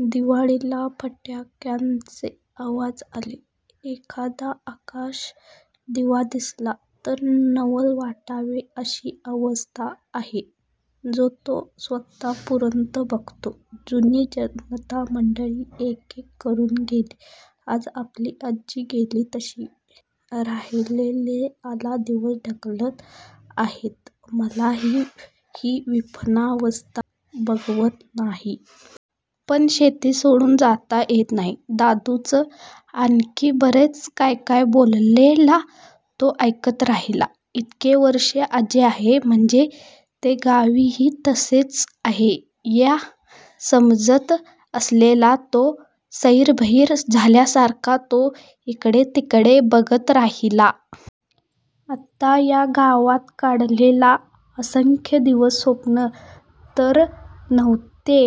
दिवाळीला फटाक्यांचे आवाज आले, एखादा आकाशदिवा दिसला, तर नवल वाटावे अशी अवस्था आहे. जो तो स्वत:पूरतं बघतो. जुनी-जाणती मंडळी एकेक करून गेली, आज आपली आजी गेली तशी. राहिलेली आला दिवस ढकलत आहेत. मलाही ही विपन्नावस्था बघवत नाही. पण शेती सोडून जाता येत नाही.. दादूचं आणखी बरंच काय काय बोललेलं तो ऐकत राहिला. इतकी वर्षे आजी आहे, म्हणजे, ते गावही तसंच आहे या समजात असलेला तो सैरभैर झाल्यासारखा तो इकडेतिकडे बघत राहिला. आता या गावात काढलेले असंख्य दिवस स्वप्न तर नव्हते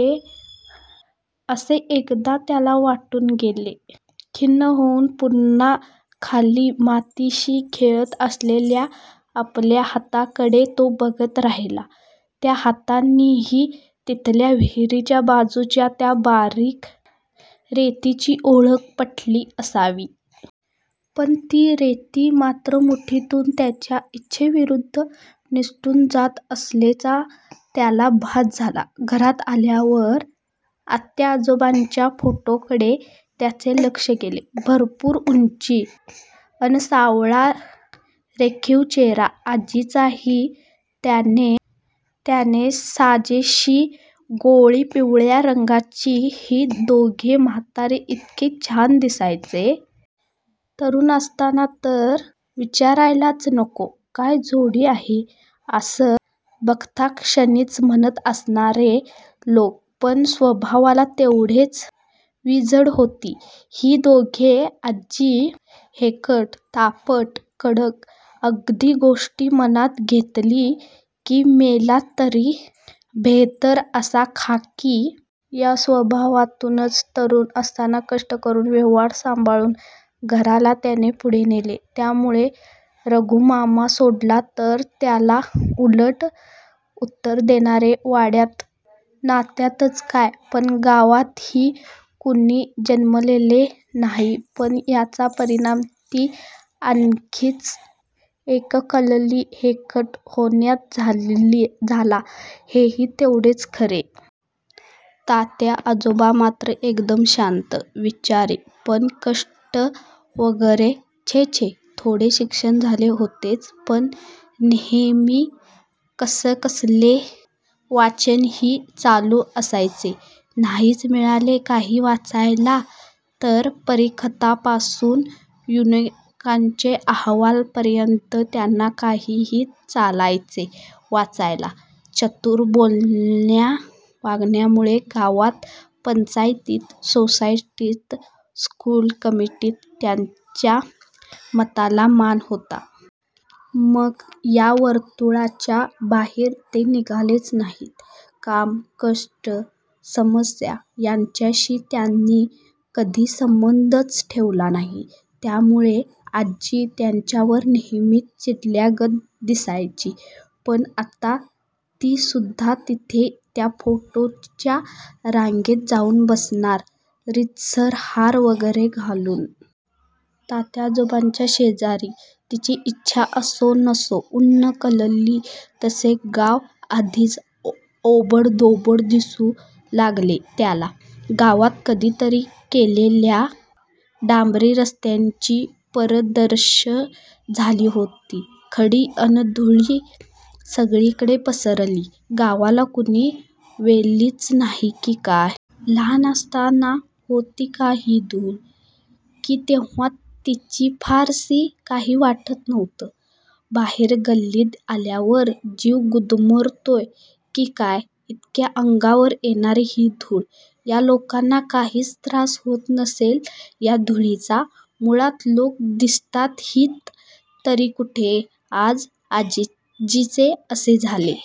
असं एकदा त्याला वाटून गेलं. खिन्न होऊन पुन्हा खाली मातीशी खेळत असलेल्या आपल्या हातांकडे तो बघत राहिला. त्या हातांनाही तिथल्या विहिरीच्या बाजूच्या त्या बारीक रेतीची ओळख पटली असावी. पण ती रेती मात्र मुठीतून त्याच्या इच्छेविरूध्द निसटून जात असल्याचा त्याला भास झाला. घरात आल्यावर तात्याआजोबांच्या फोटोकडे त्याचं लक्ष गेलं. भरपूर उंची, अन सावळा रेखीव चेहेरा. आजीही त्यांना साजेशी. गोर्यापिवळ्या रंगाची. हे दोघे म्हातारे इतके छान दिसायचे. तरूण असताना तर विचारायलाच नको. काय जोडी आहे- असं बघताक्षणीच म्हणत असणार लोक. पण स्वभावाला तेवढीच विजोड होती ही दोघं. आजी हेकट, तापट, कडक. एखादी गोष्ट मनात घेतली की मेले तरी बेहेत्तर असा खाक्या. या स्वभावातूनच तरूण असताना कष्ट करून व्यवहार सांभाळून घराला तिने पुढे नेले. त्यामूळे रघूमामा सोडला, तर तिला उलट उत्तर देणारे वाड्यात, नात्यातच काय, पण गावातही कुणी जन्मले नाही! पण याचा परिणाम ती आणखीच एककल्ली, हेकट होण्यात झाला, हेही तेवढंच खरं. तात्या आजोबा मात्र एकदम शांत, विचारी. पण कष्ट वगैरे? छे-छे! थोडे शिक्षण झाले होतेच, पण नेहेमी कसकसले वाचनही चालू असायचे. नाहीच मिळाले काही वाचायला, तर परीकथांपासून युनोच्या अहवालापर्यंत त्यांना काहीही चालायचे वाचायला. चतूर बोलण्या वागण्यामूळे गावात, पंचायतीत, सोसायटीत, स्कूल कमिटीत त्यांच्या मताला मान होता. मग या वर्तूळाच्या बाहेर ते निघालेच नाहीत. काम, कष्ट, समस्या यांच्याशी त्यांनी कधी संबंधच ठेवला नाही. त्यामूळे आजी त्यांच्यावर नेहेमीच चिडल्यागत दिसायची. पण आता ती सुध्दा तिथं त्या फोटोंच्या रांगेत जाऊन बसणार. रीतसर हार वगैरे घालून. तात्याआजोबांच्या शेजारी. तिची इच्छा असो, नसो. ऊन्हं कलली, तसं गाव अधिकच ओबडधोबड दिसू लागलं त्याला. गावात कधीतरी केलेल्या डांबरी रस्त्यांची पार दुर्दशा झाली होती. खडी अन धुळ सगळीकडे पसरलेली. गावाला कुणी वालीच नाही की काय? लहान असताना होती का ही धूळ? की तेव्हा तिचं फारसं काही वाटत नव्हतं? बाहेर गल्लीत आल्यावर जीव गुदमरतोय की काय, इतकी अंगावर येणारी ही धुळ. या लोकांना काहीच त्रास होत नसेल या धुळीचा? मुळात लोक दिसताहेत तरी कुठे? आज आजीचं असं झालं--